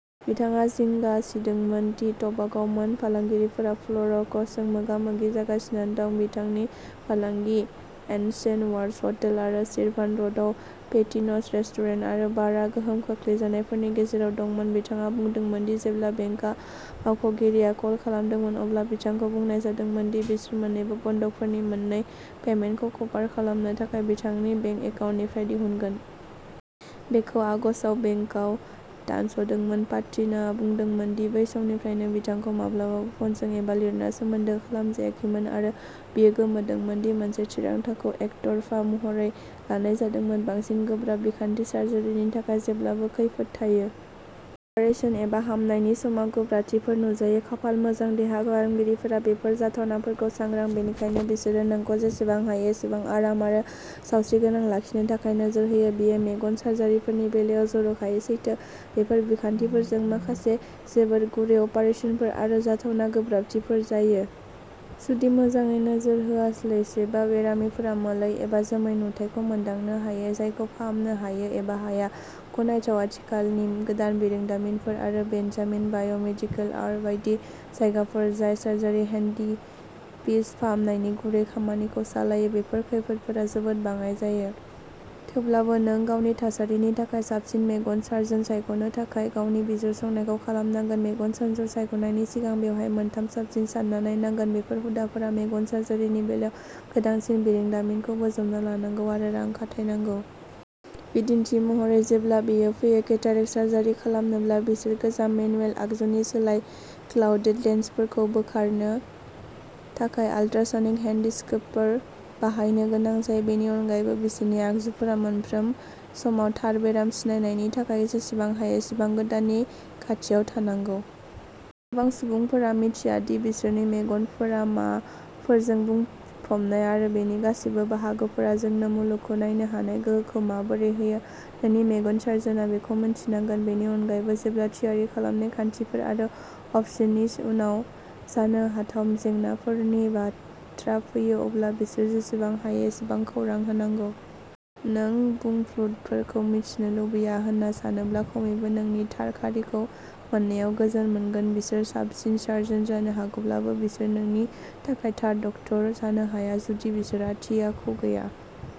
बिथाङा जिंगा सिदोंमोनदि ट'बाग'आव मोन फालांगिफोरा फ'रक्ल'स जों मोगा-मोगि जागासिनो दं। बिथांनि फालांगि, एनचेन्टेड वाटार्स हटेल आरो शिरभान र'डआव पेटिन'स रेस्टुरेन्ट आरो बारआ गोहोम खोख्लैजानायफोरनि गेजेराव दंमोन। बिथाङा बुंदोंमोन दि जेब्ला बेंक मावख'गिरिआ कल खालामदोंमोन अब्ला बिथांखौ बुंनाय जादोंमोन दि बिसोर मोन्नैबो बन्दकफोरनि मोननै पेमेन्टखौ कभार खालामनो थाखाय बिथांनि बेंक एकाउन्टनिफ्राय दिहुनगोन। बेखौ आगस्तआव बेंकआ दानस'दोंमोन। पाटिन'आ बुंदोंमोन दि बै समनिफ्रायनो बिथांखौ "माब्लाबाबो फ'नजों एबा लिरना सोमोन्दो खालामजायाखैमोन" आरो बियो गोमोदोंमोन दि मोनसे थिरांथाखौ "एकतरफा महरै लानाय जादोंमोन"। बांसिन गोब्राब बिखान्थि, सार्जारिनि थाखाय जेब्लाबो खैफोद थायो। अपारेसन एबा हामनायनि समाव गोब्राबथिफोर नुजायो। खाफाल मोजां, देहा फाहामगिरिफोरा बेफोर जाथावनाफोरखौ सांग्रां, बेनिखायनो बिसोरो नोंखौ जेसेबां हायो एसेबां आराम आरो सावस्रिगोनां लाखिनो थाखाय नोजोर होयो। बेयो मेगन सार्जारिफोरनि बेलायाव जर'खायै सैथो। बेफोर बिखान्थिफोरजों माखासे जोबोर गुरै अपारेसनफोर आरो जाथावना गोब्राबथिफोर जायो। जुदि मोजाङै नोजोर होआसलासै बा, बेरामिफोरा मोले एबा जोमै नुथायखौ मोनदांनो हायो जायखौ फाहामनो हायो एबा हाया। गनायथाव, आथिखालनि गोदान बिरोंदामिनफोर आरो बेनजामिन बायोमेडिकेल बायदि जायगाफोर जाय सार्जारि हेन्डपिस फाहामनायनि गुरै खामानिखौ सामलायो, बेफोर खैफोदफोरा जोबोद बाङाइ जायो। थेवब्लाबो, नों गावनि थासारिनि थाखाय साबसिन मेगन सार्जन सायख'नो थाखाय गावनि बिजिरसंनायखौ खालामनांगौ। मेगन सार्जन सायख'नायनि सिगां बेवहाय मोनथाम साबसिन सान्ना नायनांगौ। बेफोर हुदाफोरा मेगन सार्जारिनि बेलायाव गोदानसिन बिरोंदामिनखौ बोजबना लानांगौ आरो रां खाथायनांगौ। बिदिन्थि महरै, जेब्ला बेयो फैयो। केटारेक्ट सार्जारि खालामनोब्ला, बिसोर गोजाम मेनुएल आगजुनि सोलाय क्लाउडेड लेन्सफोरखौ बोखारनो थाखाय आल्ट्रासनिक हेन्डपिसफोर बाहायनो गोनां जायो। बेनि अनगायैबो, बिसोरनि आगजुफोरा मोनफ्रोम समाव थार बेराम सिनायनायनि थाखाय जेसेबां हायो एसेबां गोदाननि खाथियाव थानांगौ। गोबां सुबुंफोरा मिथिया दि बिसोरनि मेगना माफोरजों बुंफबनाय आरो बेनि गासैबो बाहागोफोरा जोंनो मुलुगखौ नायनो हानाय गोहोखौ माबोरै होयो। नोंनि मेगन सार्जनआ बेखौ मिन्थिनांगोन। बेनि अनगायैबो, जेब्ला थियारि खालामनाय, खान्थिफोर आरो अपसननि उनाव जानो हाथाव जेंनाफोरनि बाथ्रा फैयो, अब्ला बिसोरो जेसेबां हायो एसेबां खौरां होनांगौ। नों बुंफ्रुदलुफोरखौ मिथिनो लुबैया होनना सानोब्ला, खमैबो नोंनि थार खारिखौ मोननायाव गोजोन मोनगोन। बिसोर साबसिन सार्जन जानो हागौब्लाबो, बिसोर नोंनि थाखाय थार डक्टर जानो हाया जुदि बिसोरहा थि आखु गैया।